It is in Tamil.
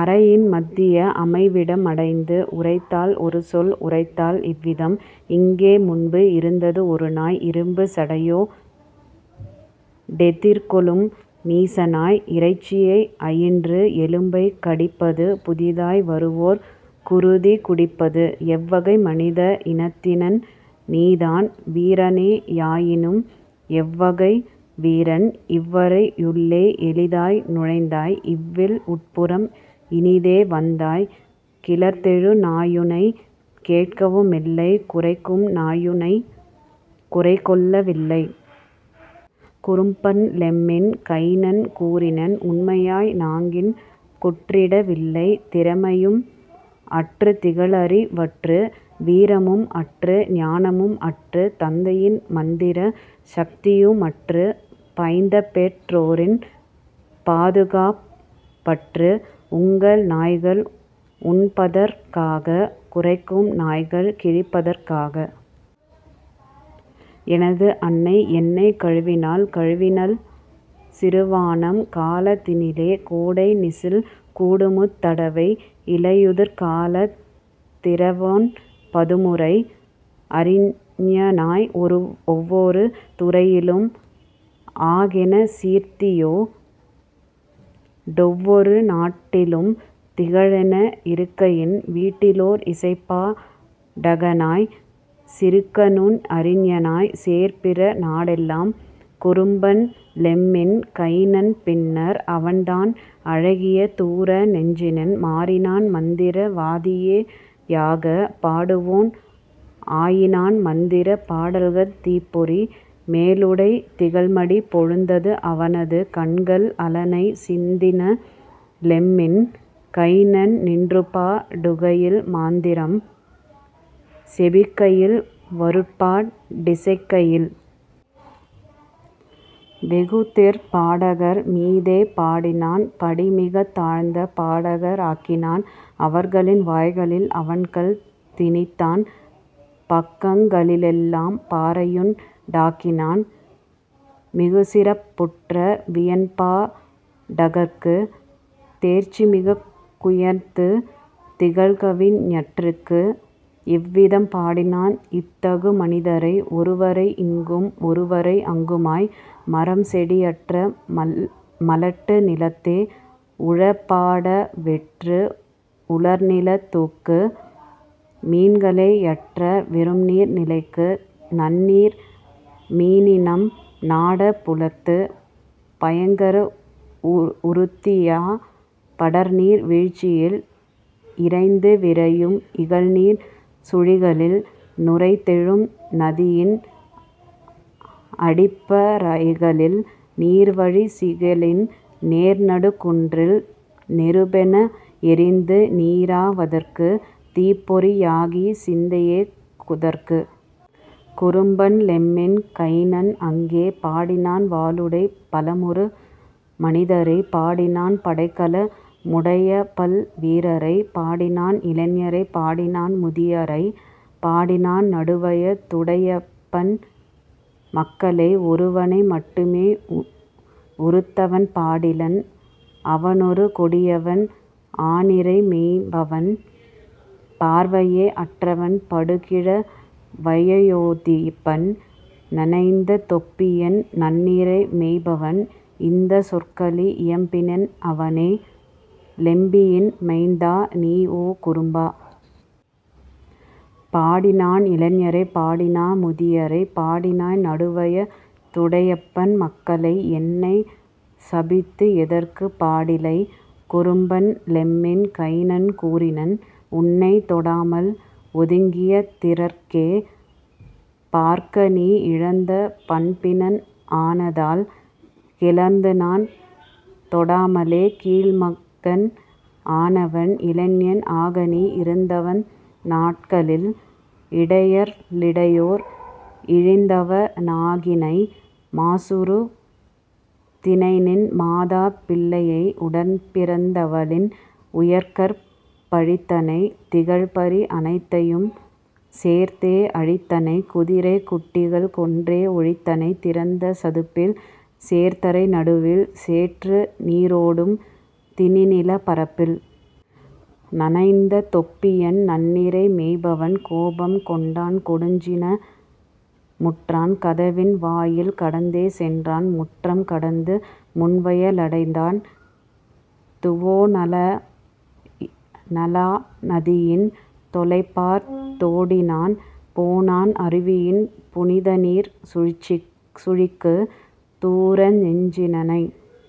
அறையின் மத்திய அமைவிடம் மடைந்து உரைத்தாள் ஒருசொல் உரைத்தாள் இவ்விதம்: "இங்கே முன்பு இருந்தது ஒருநாய் இரும்புச் சடையோ டெதிர்கொளும் நீசநாய் இறைச்சியை அயின்று எலும்பைக் கடிப்பது புதிதாய் வருவோர் குருதி குடிப்பது. எவ்வகை மனித இனத்தினன் நீதான் வீரனே யாயினும் எவ்வகை வீரன் இவ்வறை யுள்ளே எளிதாய் நுழைந்தாய் இவ்வில் உட்புறம் இனிதே வந்தாய் கிளர்ந்தெழு நாயுனைக் கேட்கவு மில்லை குரைக்கும் நாயுனைக் குறிகொள்ள வில்லை. " குறும்பன் லெம்மின் கைனன் கூறினன்: "உண்மையாய் நானிங் குற்றிட வில்லை திறமையும் அற்றுத் திகழ்அறி வற்று வீரமும் அற்று ஞானமும் அற்று தந்தையின் மந்திர சக்தியு மற்று பயந்தபெற் றோரின் பாதுகாப் பற்று உங்கள் நாய்கள் உண்பதற் காக குரைக்கும் நாய்கள் கிழிப்பதற் காக. எனது அன்னை என்னைக் கழுவினாள் கழுவினள் சிறுவனாம் காலத் தினிலே கோடை நிசியில் கூடுமுத் தடவை இலையுதிர் காலத் திரவொன் பதுமுறை அறிஞனாய் ஒவ்வொரு துறையிலும் ஆகென சீர்த்தியோ டொவ்வொரு நாட்டிலும் திகழென இருக்கஎன் வீட்டிலோர் இசைப்பா டகனாய் சிறக்கநுண் அறிஞனாய்ச் சேர்பிற நாடெலாம். " குறும்பன் லெம்மின் கைனன் பின்னர் அவன்தான் அழகிய தூர நெஞ்சினன் மாறினான் மந்திர வாதியே யாக பாடுவோன் ஆயினான் மந்திரப் பாடல்கள் தீப்பொறி மேலுடைத் திகழ்மடிப் பெழுந்தது அவனது கண்கள் அனலைச் சிந்தின லெம்மின் கைனன் நின்றுபா டுகையில் மந்திரம் செபிக்கையில் வருபாட் டிசைக்கையில். வெகுதிறற் பாடகர் மீதே பாடினான் படிமிகத் தாழ்ந்த பாடகர் ஆக்கினான் அவர்களின் வாய்களில் அவன்கல் திணித்தான் பக்கங் களிலெலாம் பாறையுண் டாக்கினான் மிகுசிறப் புற்ற வியன்பா டகற்கு தேர்ச்சிமிக் குயர்ந்து திகழ்கவி ஞர்க்கு. இவ்விதம் பாடினான் இத்தகு மனிதரை ஒருவரை இங்கும் ஒருவரை அங்குமாய் மரம் செடியற்ற மலட்டு நிலத்தே உழப் படாவெற்று உலர்நிலத் துக்கு மீன்களே யற்ற வெறும்நீர் நிலைக்கு நன்னீர் மீனினம் நாடாப் புலத்து பயங்கர உறுத்தியாப் படர்நீர் வீழ்ச்சியில் இரைந்து விரையும் இகல்நீர்ச் சுழிகளில் நுரைத்தெழும் நதியின் அடிப்பா றைகளில் நீர்வீழ்ச் சிகளின் நேர்நடுக் குன்றில் நெருப்பென எரிந்து நீறா வதற்கு தீப்பொறி யாகிச் சிந்தியே குதற்கு. குறும்பன் லெம்மின் கைனன் அங்கே பாடினான் வாளுடைப் பலமுறு மனிதரை பாடினான் படைக்கல முடையபல் வீரரை பாடினான் இளைஞரைப் பாடினான் முதியரை பாடினான் நடுவய துடையபன் மக்களை ஒருவனை மட்டுமே உருத்தவன் பாடிலன் அவனொரு கொடியவன் ஆநிரை மேய்ப்பவன் பார்வையே அற்றவன் படுகிழ வயோதிபன். நனைந்த தொப்பியன் நன்னிரை மேய்ப்பவன் இந்தச் சொற்களில் இயம்பினன் அவனே: "லெம்பியின் மைந்தா நீ, ஓ, குறும்பா! பாடினாய் இளைஞரைப் பாடினாய் முதியரை பாடினாய் நடுவய துடையபன் மக்களை என்னைச் சபித்து எதற்குப் பாடிலை? " குறும்பன் லெம்மின் கைனன் கூறினன்: "உன்னைத் தொடாமல் ஒதுக்கிய திதற்கே பார்க்கநீ இழிந்த பண்பினன் ஆனதால், கிளர்ந்துநான் தொடாமலே கீழ்மகன் ஆனவன்; இளைஞன் ஆகநீ இருந்தவந் நாட்களில் இடையர்க ளிடையோர் இழிந்தவ னாகினை மாசுறுத் தினைநின் மாதா பிள்ளையை உடன்பிறந் தவளின் உயர்கற் பழித்தனை திகழ்பரி அனைத்தையும் சேர்த்தே அழித்தனை குதிரைக் குட்டிகள் கொன்றே ஒழித்தனை திறந்த சதுப்பில் சேர்தரை நடுவில் சேற்று நீரோடும் திணிநிலப் பரப்பில். " நனைந்த தொப்பியன் நன்னிரை மேய்ப்பவன் கோபம் கொண்டான் கொடுஞ்சின முற்றான் கதவின் வாயில் கடந்தே சென்றான் முற்றம் கடந்து முன்வய லடைந்தான் துவோனலா நதியின் தொலைபார்த் தோடினான் போனான் அருவியின் புனிதநீர்ச் சுழிக்கு தூரநெஞ் சினனை